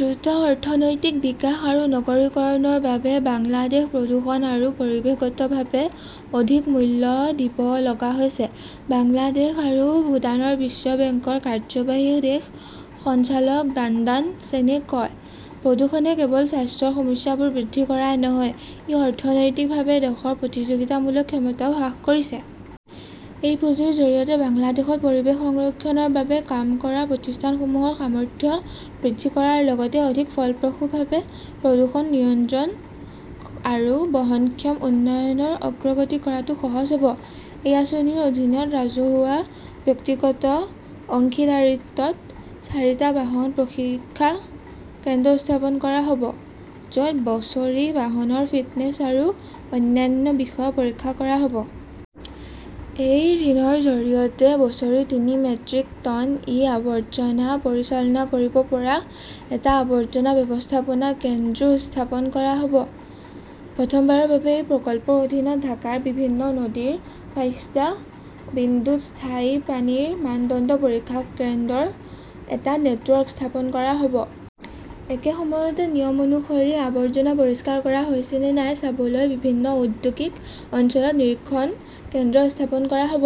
দ্ৰুত অৰ্থনৈতিক বিকাশ আৰু নগৰীকৰণৰ বাবে বাংলাদেশ প্ৰদূষণ আৰু পৰিৱেশগতভাৱে অধিক মূল্য দিব লগা হৈছে, বাংলাদেশ আৰু ভূটানৰ বিশ্ব বেংকৰ কাৰ্যবাহী দেশ সঞ্চালক ডাণ্ডান চেনে কয়। প্ৰদূষণে কেৱল স্বাস্থ্যৰ সমস্যাবোৰ বৃদ্ধি কৰাই নহয়, ই অৰ্থনৈতিকভাৱে দেশৰ প্ৰতিযোগিতামূলক ক্ষমতাও হ্ৰাস কৰিছে। এই পুঁজিৰ জৰিয়তে বাংলাদেশত পৰিৱেশ সংৰক্ষণৰ বাবে কাম কৰা প্ৰতিষ্ঠানসমূহৰ সামৰ্থ্য বৃদ্ধি কৰাৰ লগতে অধিক ফলপ্ৰসূভাৱে প্ৰদূষণ নিয়ন্ত্ৰণ আৰু বহনক্ষম উন্নয়নৰ অগ্ৰগতি কৰাটো সহজ হ'ব। এই আঁচনিৰ অধীনত ৰাজহুৱা, ব্যক্তিগত অংশীদাৰিত্বত চাৰিটা বাহন পৰীক্ষা কেন্দ্ৰ স্থাপন কৰা হ'ব, য'ত বছৰি বাহনৰ ফিটনেছ আৰু অন্যান্য বিষয় পৰীক্ষা কৰা হ'ব। এই ঋণৰ জৰিয়তে বছৰি তিনি মেট্ৰিক টন ই-আৱৰ্জনা পৰিচালনা কৰিব পৰা এটা আৱৰ্জনা ব্যৱস্থাপনা কেন্দ্ৰো স্থাপন কৰা হ'ব। প্ৰথমবাৰৰ বাবে এই প্ৰকল্পৰ অধীনত ঢাকাৰ বিভিন্ন নদীৰ বাইছটা বিন্দুত স্থায়ী পানীৰ মানদণ্ড পৰীক্ষা কেন্দ্ৰৰ এটা নেটৱৰ্ক স্থাপন কৰা হ ব। একে সময়তে, নিয়ম অনুসৰি আৱৰ্জনা পৰিষ্কাৰ কৰা হৈছে নে নাই চাবলৈ বিভিন্ন ঔদ্যোগিক অঞ্চলত নিৰীক্ষণ কেন্দ্ৰ স্থাপন কৰা হ'ব।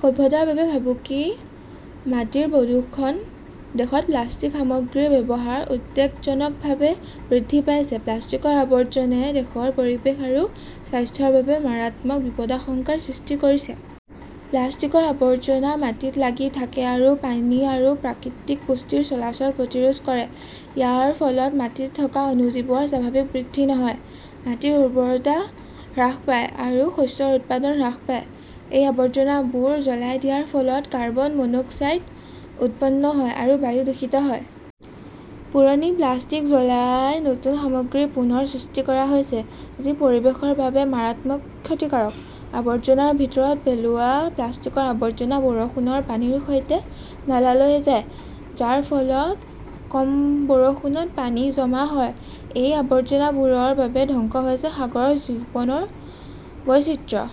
সভ্যতাৰ বাবে ভাবুকি মাটিৰ প্ৰদূষণ দেশত প্লাষ্টিক সামগ্ৰীৰ ব্যৱহাৰ উদ্বেগজনকভাৱে বৃদ্ধি পাইছে। প্লাষ্টিকৰ আৱৰ্জনে দেশৰ পৰিৱেশ আৰু স্বাস্থ্যৰ বাবে মাৰাত্মক বিপদাশংকাৰ সৃষ্টি কৰিছে। প্লাষ্টিকৰ আৱৰ্জনা মাটিত লাগি থাকে আৰু পানী আৰু প্ৰাকৃতিক পুষ্টিৰ চলাচল প্ৰতিৰোধ কৰে। ইয়াৰ ফলত মাটিত থকা অণুজীৱৰ স্বাভাৱিক বৃদ্ধি নহয়, মাটিৰ উৰ্বৰতা হ্ৰাস পায় আৰু শস্যৰ উৎপাদন হ্ৰাস পায়। এই আৱৰ্জনাবোৰ জ্বলাই দিয়াৰ ফলত কাৰ্বন-মনোক্সাইড উৎপন্ন হয় আৰু বায়ু দূষিত হয়। পুৰণি প্লাষ্টিক জ্বলাই নতুন সামগ্ৰী পুনৰ সৃষ্টি কৰা হৈছে, যি পৰিৱেশৰ বাবে মাৰাত্মক ক্ষতিকাৰক। আৱৰ্জনাৰ ভিতৰত পেলোৱা প্লাষ্টিকৰ আৱৰ্জনা বৰষুণৰ পানীৰ সৈতে নালালৈ যায়, যাৰ ফলত কম বৰষুণত পানী জমা হয়। এই আৱৰ্জনাবোৰৰ বাবে ধ্বংস হৈছে সাগৰৰ জীৱনৰ বৈচিত্ৰ্য।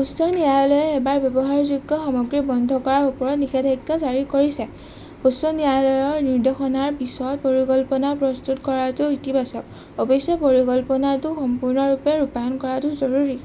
উচ্চ ন্যায়ালয়ে এবাৰ ব্যৱহাৰযোগ্য সামগ্ৰী বন্ধ কৰাৰ ওপৰত নিষেধাজ্ঞা জাৰি কৰিছে। উচ্চ ন্যায়ালয়ৰ নিৰ্দেশনাৰ পিছত পৰিকল্পনা প্ৰস্তুত কৰাটো ইতিবাচক। অৱশ্যে, পৰিকল্পনাটো সম্পূৰ্ণৰূপে ৰূপায়ণ কৰাটো জৰুৰী।